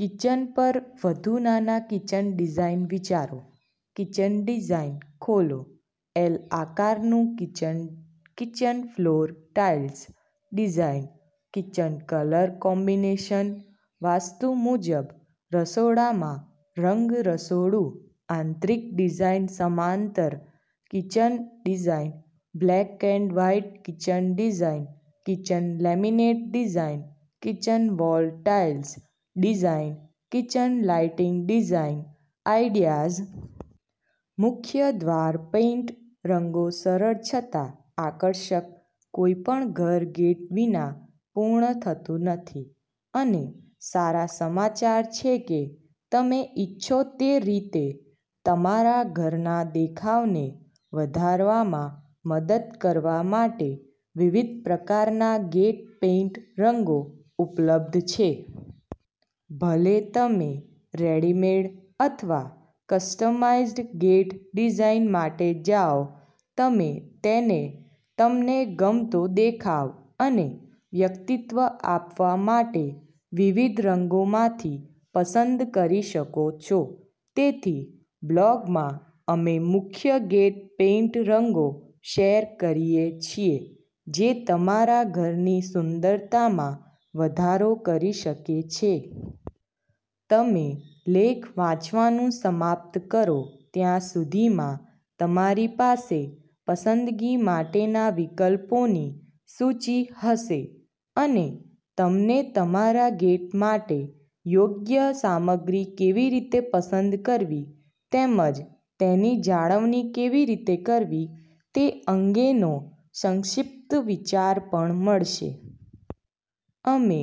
Kitchen પર વધુ નાના કિચન ડિઝાઇન વિચારો કિચન ડિઝાઇન ખોલો એલ આકારનું kitchen kitchen floor tiles design kitchen colour combination vastu મુજબ રસોડામાં રંગ રસોડું આંતરિક ડિઝાઇન સમાંતર kitchen design black and white kitchen design kitchen laminate design kitchen wall tiles design kitchen lighting design ideas મુખ્ય દ્વાર પેઇન્ટ રંગોસરળ છતાં આકર્ષક કોઈ પણ ઘર ગેટ વિના પૂર્ણ થતું નથી, અને સારા સમાચારછે કે તમે ઇચ્છો તે રીતે તમારા ઘરના દેખાવને વધારવામાં મદદ કરવા માટે વિવિધ પ્રકારના ગેટ પેઇન્ટ રંગો ઉપલબ્ધ છે. ભલે તમે રેડીમેડ અથવા કસ્ટમાઇઝ્ડ ગેટ ડિઝાઇન માટે જાઓ, તમે તેને તમને ગમતો દેખાવ અને વ્યક્તિત્વ આપવા માટે વિવિધ રંગોમાંથી પસંદ કરી શકો છો. તેથી, બ્લોગમાં, અમે મુખ્ય ગેટ પેઇન્ટ રંગો શેર કરીએ છીએ જે તમારા ઘરની સુંદરતામાં વધારો કરી શકે છે. તમેલેખ વાંચવાનું સમાપ્ત કરો ત્યાં સુધીમાં, તમારી પાસે પસંદગી માટેના વિકલ્પોની સૂચિ હશે, અને તમને તમારા ગેટ માટે યોગ્ય સામગ્રી કેવી રીતે પસંદ કરવી તેમજ તેની જાળવણી કેવી રીતે કરવી તે અંગેનો સંક્ષિપ્ત વિચાર પણ મળશે. અમે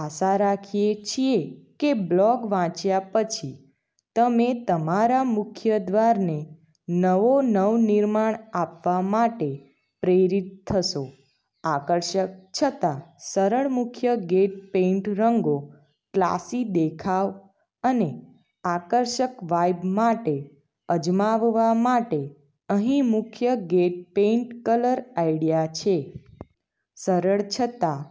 આશા રાખીએ છીએ કેબ્લોગ વાંચ્યા પછી તમે તમારા મુખ્ય દ્વારને નવો નવનિર્માણ આપવા માટે પ્રેરિત થશો! આકર્ષક છતાં સરળ મુખ્ય ગેટ પેઇન્ટ રંગો ક્લાસી દેખાવ અને આકર્ષક વાઇબ માટે અજમાવવા માટે અહીં મુખ્ય ગેટ પેઇન્ટ કલર આઇડિયા છે. સરળ છતાં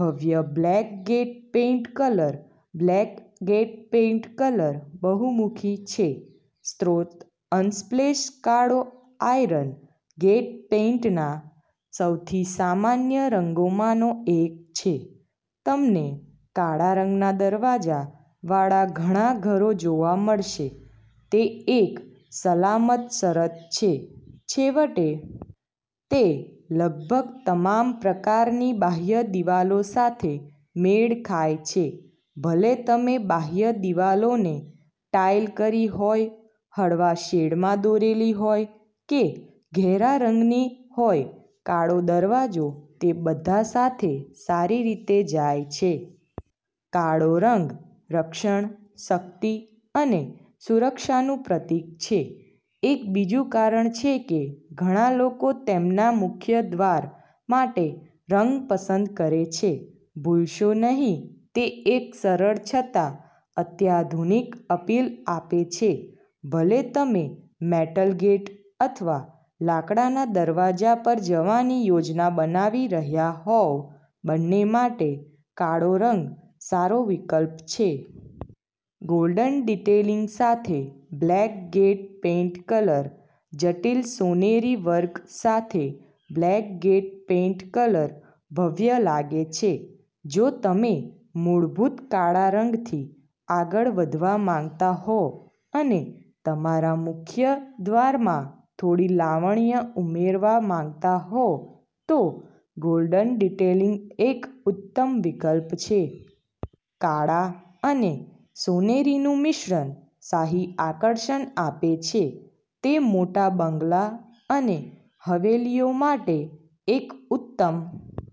ભવ્ય black gate paint colour black gate paint colour બહુમુખી છે સ્રોતઅનસ્પ્લેશકાળોઆયર્ન ગેટ પેઇન્ટના સૌથી સામાન્ય રંગોમાંનો એક છે. તમને કાળા રંગના દરવાજાવાળા ઘણા ઘરો જોવા મળશે. તે એક સલામત શરત છે, છેવટે. તે લગભગ તમામ પ્રકારની બાહ્ય દિવાલો સાથે મેળ ખાય છે. ભલે તમે બાહ્ય દિવાલોને ટાઇલ કરી હોય, હળવા શેડમાં દોરેલી હોય કે ઘેરા રંગની હોયકાળો દરવાજો તે બધા સાથે સારી રીતે જાય છે. કાળો રંગ રક્ષણ, શક્તિ અને સુરક્ષાનું પ્રતીક છે. એક બીજું કારણ છે કે ઘણા લોકો તેમના મુખ્ય દ્વાર માટેરંગ પસંદ કરે છે. ભૂલશો નહીં, તે એક સરળ છતાં અત્યાધુનિક અપીલ આપે છે. ભલે તમે મેટલ ગેટ અથવા લાકડાના દરવાજા પર જવાની યોજના બનાવી રહ્યા હોવબંને માટે કાળો રંગ સારો વિકલ્પ છે. ગોલ્ડન ડિટેલિંગ સાથે બ્લેક ગેટ પેઇન્ટ કલર જટિલ સોનેરી વર્ક સાથે બ્લેક ગેટ પેઇન્ટ કલર ભવ્ય લાગે છે જો તમે મૂળભૂત કાળા રંગથી આગળ વધવા માંગતા હો અને તમારા મુખ્ય દ્વારમાં થોડી લાવણ્ય ઉમેરવા માંગતા હો, તો ગોલ્ડન ડિટેલિંગ એક ઉત્તમ વિકલ્પ છે. કાળા અને સોનેરીનું મિશ્રણ શાહી આકર્ષણ આપે છે. તે મોટા બંગલા અને હવેલીઓ માટે એક ઉત્તમ